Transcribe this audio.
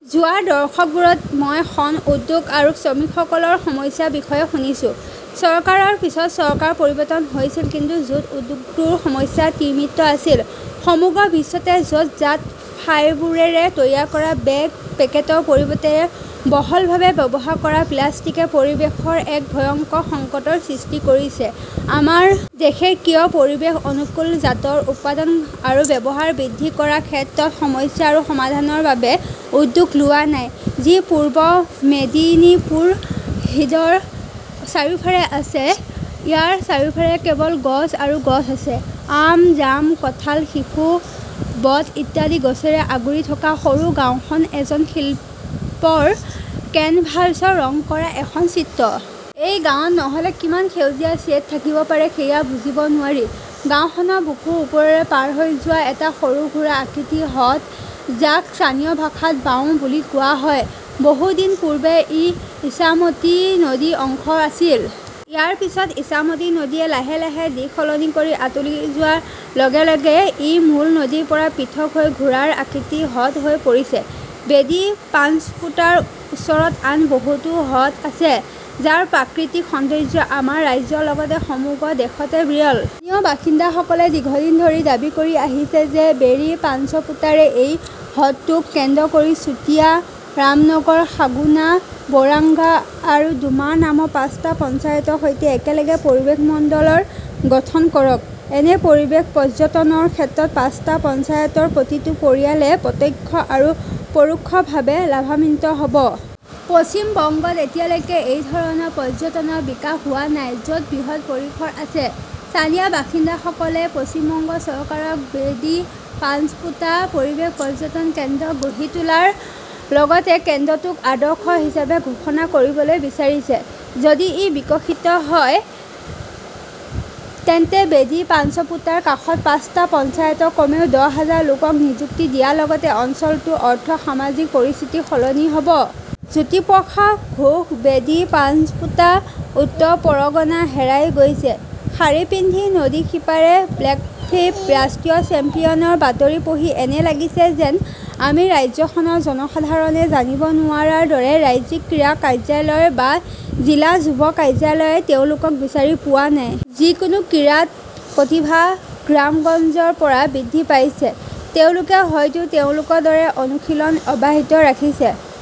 যোৱা দৰ্শকবোৰত মই শণ উদ্যোগ আৰু শ্ৰমিকসকলৰ সমস্যাৰ বিষয়ে শুনিছোঁ। চৰকাৰৰ পিছত চৰকাৰ পৰিৱৰ্তন হৈছিল কিন্তু জুট উদ্যোগটোৰ সমস্যা তিমিত আছিল। সমগ্ৰ বিশ্বতে য 'ত জাট ফাইবাৰেৰে তৈয়াৰ কৰা বেগ, পেকেটৰ পৰিৱৰ্তে বহুলভাৱে ব্যৱহাৰ কৰা প্লাষ্টিকে পৰিৱেশৰ এক ভয়ংকৰ সংকটৰ সৃষ্টি কৰিছে। আমাৰ দেশে কিয় পৰিৱেশ-অনুকূল জাটৰ উৎপাদন আৰু ব্যৱহাৰ বৃদ্ধি কৰাৰ ক্ষেত্ৰত সমস্যা আৰু সমাধানৰ বাবে উদ্যোগ লোৱা নাই? যি পূৰ্ব মেদিনীপুৰ হ্ৰদৰ চাৰিওফালে আছে। ইয়াৰ চাৰিওফালে কেৱল গছ আৰু গছ আছে। আম, জাম, কাঁঠাল, শিশু, বট ইত্যাদি গছৰে আগুৰি থকা সৰু গাওঁখন এজন শিল্পৰ কেনভাছত ৰং কৰা এখন চিত্ৰ। এই গাঁৱত নহ'লে কিমান সেউজীয়া শ্বেড থাকিব পাৰে সেয়া বুজিব নোৱাৰি। গাওঁখনৰ বুকুৰ ওপৰেৰে পাৰ হৈ যোৱা এটা সৰু ঘোঁৰাৰ আকৃতিৰ হ্ৰদ, যাক স্থানীয় ভাষাত বাওৰ বুলি কোৱা হয়। বহু দিন পূৰ্বে ই ইছামতী নদীৰ অংশ আছিল। ইয়াৰ পিছত ইছামতী নদীয়ে লাহে- লাহে দিশ সলনি কৰি আঁতৰি যোৱাৰ লগে -লগে ই মূল নদীৰ পৰা পৃথক হৈ ঘোঁৰাৰ আকৃতিৰ হ্ৰদ হৈ পৰিছে। বেডী পাঞ্চপোটাৰ ওচৰত আন বহুতো হ্ৰদ আছে, যাৰ প্ৰাকৃতিক সৌন্দৰ্য আমাৰ ৰাজ্যৰ লগতে সমগ্ৰ দেশতে বিৰল। স্থানীয় বাসিন্দাসকলে দীৰ্ঘদিন ধৰি দাবী কৰি আহিছে যে বেৰী-পাঞ্চপোটাৰে এই হ্ৰদটোক কেন্দ্ৰ কৰি চুটিয়া, ৰামনগৰ, সাগুনা, ঝৌডঙ্গা আৰু ডুমা নামৰ পাঁচটা পঞ্চায়তৰ সৈতে একেলগে পৰিৱেশমণ্ডলৰ গঠন কৰক। এনে পৰিৱেশ পৰ্যটনৰ ক্ষেত্ৰত পাঁচটা পঞ্চায়তৰ প্ৰতিটো পৰিয়ালে প্ৰত্যক্ষ আৰু পৰোক্ষভাৱে লাভান্বিত হ 'ব। পশ্চিম বংগত এতিয়ালৈকে এই ধৰণৰ পৰ্যটনৰ বিকাশ হোৱা নাই, য'ত বৃহৎ পৰিসৰ আছে। স্থানীয় বাসিন্দাসকলে পশ্চিম বংগ চৰকাৰক বেডী-পাঞ্চপোটা পৰিৱেশ পৰ্যটন কেন্দ্ৰ গঢ়ি তোলাৰ লগতে কেন্দ্ৰটোক আদৰ্শ হিচাপে ঘোষণা কৰিবলৈ বিচাৰিছে। যদি ই বিকশিত হয় তেন্তে বেদী পাঞ্চপোটাৰ কাষৰ পাঁচটা পঞ্চায়তৰ কমেও দহ হাজাৰ লোকক নিযুক্তি দিয়াৰ লগতে অঞ্চলটোৰ অৰ্থ-সামাজিক পৰিস্থিতি সলনি হ 'ব। জ্যোতিপ্ৰকাশ ঘোষ, বেডী পাঞ্চপোটা, উত্তৰ পৰগনা হেৰাই গৈছে। শাৰী পিন্ধি নদীৰ সিপাৰে বেকফ্লিপ ৰাষ্ট্ৰীয় চেম্পিয়নৰ বাতৰি পঢ়ি এনে লাগিছে যেন আমি ৰাজ্যখনৰ জনসাধাৰণে জানিব নোৱাৰাৰ দৰে ৰাজ্যিক ক্ৰীড়া কাৰ্যালয় বা জিলা যুৱ কাৰ্যালয়ে তেওঁলোকক বিচাৰি পোৱা নাই। যিকোনো ক্ৰীড়াত প্ৰতিভা গ্ৰামগঞ্জৰ পৰা বৃদ্ধি পাইছে, তেওঁলোকে হয়তো তেওঁলোকৰ দৰে অনুশীলন অব্যাহিত ৰাখিছে।